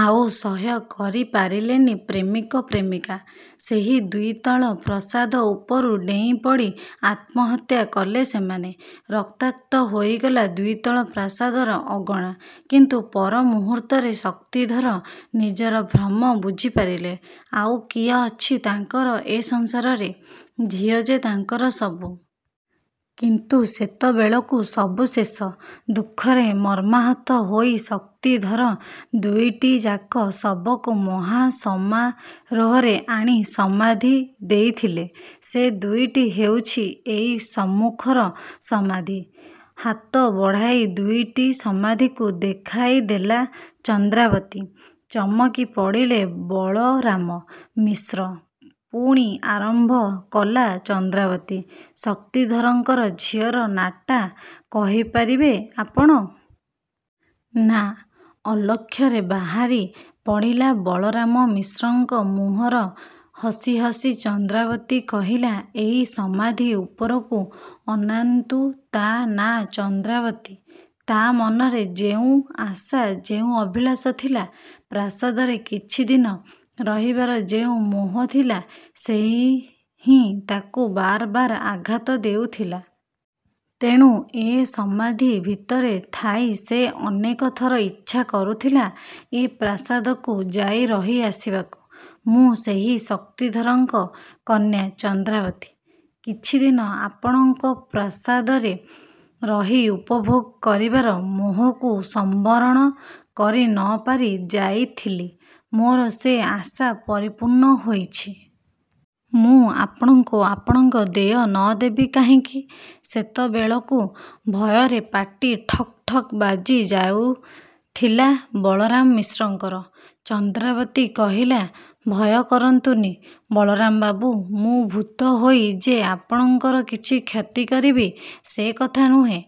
ଆଉ ସହ୍ୟ କରି ପାରିଲେନି ପ୍ରେମିକ ପ୍ରେମିକା। ସେହି ଦ୍ୱିତଳ ପ୍ରାସାଦ ଉପରୁ ଡେଇଁ ପଡ଼ି ଆତ୍ମହତ୍ୟା କଲେ ସେମାନେ। ରକ୍ତାକ୍ତ ହୋଇଗଲା ଦ୍ୱିତଳ ପ୍ରାସାଦର ଅଗଣା। କିନ୍ତୁ ପରମୁହୂର୍ତ୍ତରେ ଶକ୍ତିଧର ନିଜର ଭ୍ରମ ବୁଝିପାରିଲେ, ଆଉ କିଏ ଅଛି ତାଙ୍କର ଏ ସଂସାରରେ? ଝିଅ ଯେ ତାଙ୍କର ସବୁ। କିନ୍ତୁ ସେତେବେଳକୁ ସବୁ ଶେଷ। ଦୁଃଖରେ ମର୍ମାହତ ହୋଇ ଶକ୍ତିଧର ଦୁଇଟିଯାକ ଶବକୁ ମହା ସମାରୋହରେ ଆଣି ସମାଧି ଦେଇଥିଲେ ସେ ଦୁଇଟି ହେଉଛି ଏଇ ସମ୍ମୁଖର ସମାଧି। ହାତ ବଢ଼ାଇ ଦୁଇଟି ସମାଧିକୁ ଦେଖାଇ ଦେଲା ଚନ୍ଦ୍ରାବତୀ। ଚମକି ପଡ଼ିଲେ ବଳରାମ ମିଶ୍ର ପୁଣି ଆରମ୍ଭ କଲା ଚନ୍ଦ୍ରାବତୀ, "ଶକ୍ତିଧରଙ୍କର ଝିଅର ନାଁଟା କହିପାରିବେ ଆପଣ?" "ନାଁ..." ଅଲକ୍ଷ୍ୟରେ ବାହାରି ପଡ଼ିଲା ବଳରାମ ମିଶ୍ରଙ୍କ ମୁହଁର ହସି ହସି ଚନ୍ଦ୍ରାବତୀ କହିଲା, "ଏଇ ସମାଧି ଉପରକୁ ଅନାନ୍ତୁ ତା' ନାଁ ଚନ୍ଦ୍ରାବତୀ। ତା' ମନରେ ଯେଉଁ ଆଶା, ଯେଉଁ ଅଭିଳାଷ ଥିଲା, ପ୍ରାସାଦରେ କିଛିଦିନ ରହିବାର ଯେଉଁ ମୋହ ଥିଲା, ସେହି ହିଁ ତାକୁ ବାର ବାର ଆଘାତ ଦେଉଥିଲା। ତେଣୁ ଏ ସମାଧି ଭିତରେ ଥାଇ ସେ ଅନେକଥର ଇଚ୍ଛା କରୁଥିଲା ଏ ପ୍ରାସାଦକୁ ଯାଇ ରହି ଆସିବାକୁ। ମୁଁ ସେହି ଶକ୍ତିଧରଙ୍କ କନ୍ୟା ଚନ୍ଦ୍ରାବତୀ। କିଛିଦିନ ଆପଣଙ୍କ ପ୍ରାସାଦରେ ରହି ଉପଭୋଗ କରିବାର ମୋହକୁ ସମ୍ୱରଣ କରି ନ ପାରି ଯାଇଥିଲି, ମୋର ସେ ଆଶା ପରିପୂର୍ଣ୍ଣ ହୋଇଛି। ମୁଁ ଆପଣଙ୍କୁ ଆପଣଙ୍କ ଦେୟ ନ ଦେବି କାହିଁକି?"ସେତେବେଳକୁ ଭୟରେ ପାଟି ଠକ ଠକ ବାଜି ଯାଇଥିଲା ବଳରାମ ମିଶ୍ରଙ୍କର। ଚନ୍ଦ୍ରାବତୀ କହିଲା, "ଭୟ କରନ୍ତୁନି ବଳରାମ ବାବୁ ମୁଁ ଭୂତ ହୋଇ ଯେ ଆପଣଙ୍କର କିଛି କ୍ଷତି କରିବି, ସେ କଥା ନୁହେଁ...।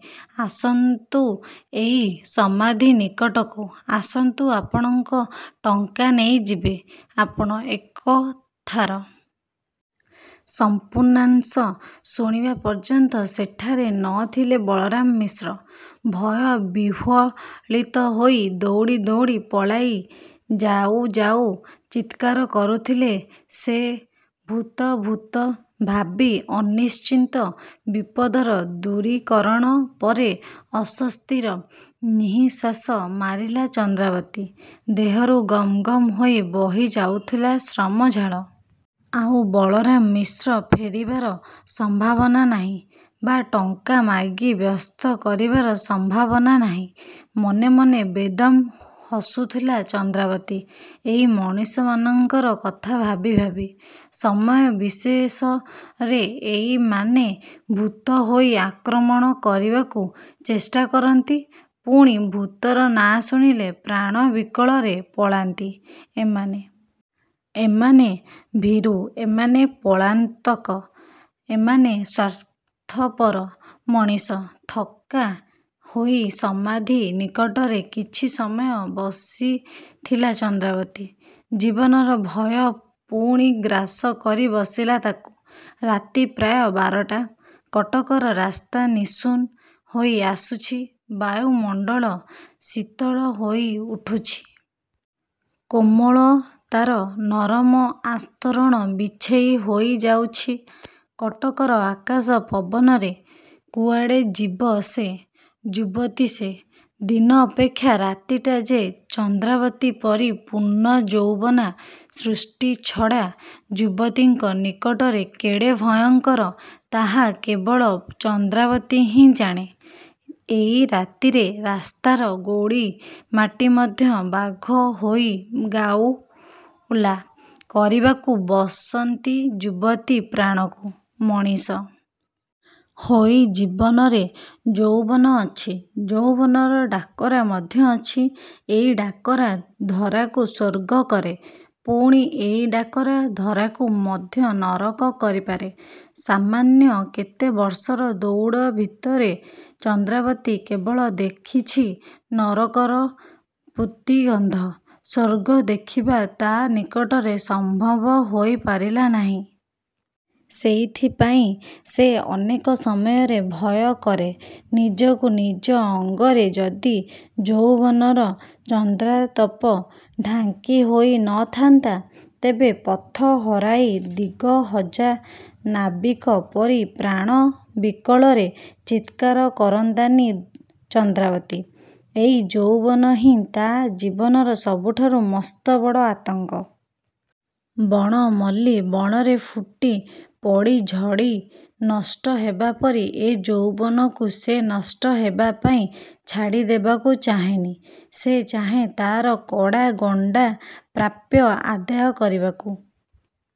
ଆସନ୍ତୁଏଇ ସମାଧି ନିକଟକୁ ଆସନ୍ତୁ ଆପଣଙ୍କ ଟଙ୍କା ନେଇଯିବେ ଆପଣ।"କଥାର ସମ୍ପୂର୍ଣ୍ଣାଂଶ ଶୁଣିବା ପର୍ଯ୍ୟନ୍ତ ସେଠାରେ ନ ଥିଲେ ବଳରାମ ମିଶ୍ର। ଭୟ-ବିହ୍ୱଳିତ ହୋଇ ଦୌଡ଼ି ଦୌଡ଼ି ପଳାଇ ଯାଉ ଯାଉ ଚିତ୍କାର କରୁଥିଲେ ସେ, "ଭୂତ! ଭୂତ!"ଭାବୀ ଅନିଶ୍ଚିତ ବିପଦର ଦୂରୀକରଣ ପରେ ଆଶ୍ୱସ୍ତିର ନିଃଶ୍ୱାସ ମାରିଲା ଚନ୍ଦ୍ରାବତୀ। ଦେହରୁ ଗମ ଗମ ହୋଇ ବହି ଯାଉଥିଲା ଶ୍ରମ ଝାଳ। ଆଉ ବଳରାମ ମିଶ୍ର ଫେରିବାର ସମ୍ଭାବନା ନାହିଁ, ବା ଟଙ୍କା ମାଗି ବ୍ୟସ୍ତ କରିବାର ସମ୍ଭାବନା ନାହିଁ। ମନେ ମନେ ବେଦମ୍ ହସୁଥିଲା ଚନ୍ଦ୍ରାବତୀ ଏଇ ମଣିଷମାନଙ୍କର କଥା ଭାବି ଭାବି। ସମୟ ବିଶେଷରେ ଏଇମାନେ ଭୂତ ହୋଇ ଆକ୍ରମଣ କରିବାକୁ ଚେଷ୍ଟା କରନ୍ତି, ପୁଣି ଭୂତର ନାଁ ଶୁଣିଲେ ପ୍ରାଣ ବିକଳରେ ପଳାନ୍ତି ଏମାନେ। ଏମାନେ ଭୀରୁ, ଏମାନେ ପଳାତକ, ଏମାନେ ସ୍ୱାର୍ଥପର ମଣିଷ। ଥକ୍କା ହୋଇ ସମାଧି ନିକଟରେ କିଛି ସମୟ ବସିଥିଲା ଚନ୍ଦ୍ରାବତୀ। ଜୀବନର ଭୟ ପୁଣି ଗ୍ରାସ କରି ବସିଲା ତାକୁ। ରାତି ପ୍ରାୟ ବାରଟା। କଟକର ରାସ୍ତା ନିଶୂନ ହୋଇ ଆସୁଛି। ବାୟୁମଣ୍ଡଳ ଶୀତଳ ହୋଇ ଉଠୁଛି। କୋମଳତାର ନରମ ଆସ୍ତରଣ ବିଛେଇ ହୋଇଯାଉଛି କଟକର ଆକାଶ ପବନରେ। କୁଆଡ଼େ ଯିବ ସେ? ଯୁବତୀ ସେ। ଦିନ ଅପେକ୍ଷା ରାତିଟା ଯେ ଚନ୍ଦ୍ରାବତୀ ପରି ପୂର୍ଣ୍ଣଯୌବନା ସୃଷ୍ଟିଛଡ଼ା ଯୁବତୀଙ୍କ ନିକଟରେ କେଡ଼େ ଭୟଙ୍କର, ତାହା କେବଳ ଚନ୍ଦ୍ରାବତୀ ହିଁ ଜାଣେ। ଏଇ ରାତିରେ ରାସ୍ତାର ଗୋଡ଼ି ମାଟି ମଧ୍ୟ ବାଘ ହୋଇ ଘାଉଲା କରିବାକୁ ବସନ୍ତି ଯୁବତୀ ପ୍ରାଣକୁ। ମଣିଷ ହୋଇ ଜୀବନରେ ଯୌବନ ଅଛି, ଯୌବନର ଡାକରା ମଧ୍ୟ ଅଛି। ଏଇ ଡାକରା ଧରାକୁ ସ୍ୱର୍ଗ କରେ, ପୁଣି ଏଇ ଡାକରା ଧରାକୁ ମଧ୍ୟ ନରକ କରିପାରେ। ସାମାନ୍ୟ କେତେ ବର୍ଷର ଦୌଡ଼ ଭିତରେ ଚନ୍ଦ୍ରାବତୀ କେବଳ ଦେଖିଛି ନରକର ପୂତିଗନ୍ଧ। ସ୍ୱର୍ଗ ଦେଖିବା ତା' ନିକଟରେ ସମ୍ଭବ ହୋଇ ପାରିଲା ନାହିଁ। ସେଇଥିପାଇଁ ସେ ଅନେକ ସମୟରେ ଭୟ କରେ ନିଜକୁ। ନିଜ ଅଙ୍ଗରେ ଯଦି ଯୌବନର ଚନ୍ଦ୍ରାତପ ଢାଙ୍କି ହୋଇ ନ ଥାନ୍ତା, ତେବେ ପଥ ହରାଇ ଦିଗହଜା ନାବିକ ପରି ପ୍ରାଣ ବିକଳରେ ଚିତ୍କାର କରନ୍ତାନି ଚନ୍ଦ୍ରାବତୀ। ଏଇ ଯୌବନ ହିଁ ତା' ଜୀବନର ସବୁଠାରୁ ମସ୍ତବଡ଼ ଆତଙ୍କ। ବଣ ମଲ୍ଲି ବଣରେ ଫୁଟି ପଡ଼ି ଝଡ଼ି ନଷ୍ଟ ହେବା ପରି ଏ ଯୌବନକୁ ସେ ନଷ୍ଟ ହେବା ପାଇଁ ଛାଡ଼ି ଦେବାକୁ ଚାହେଁନି। ସେ ଚାହେଁ ତା'ର କଡ଼ା ଗଣ୍ଡା ପ୍ରାପ୍ୟ ଆଦାୟ କରିବାକୁ।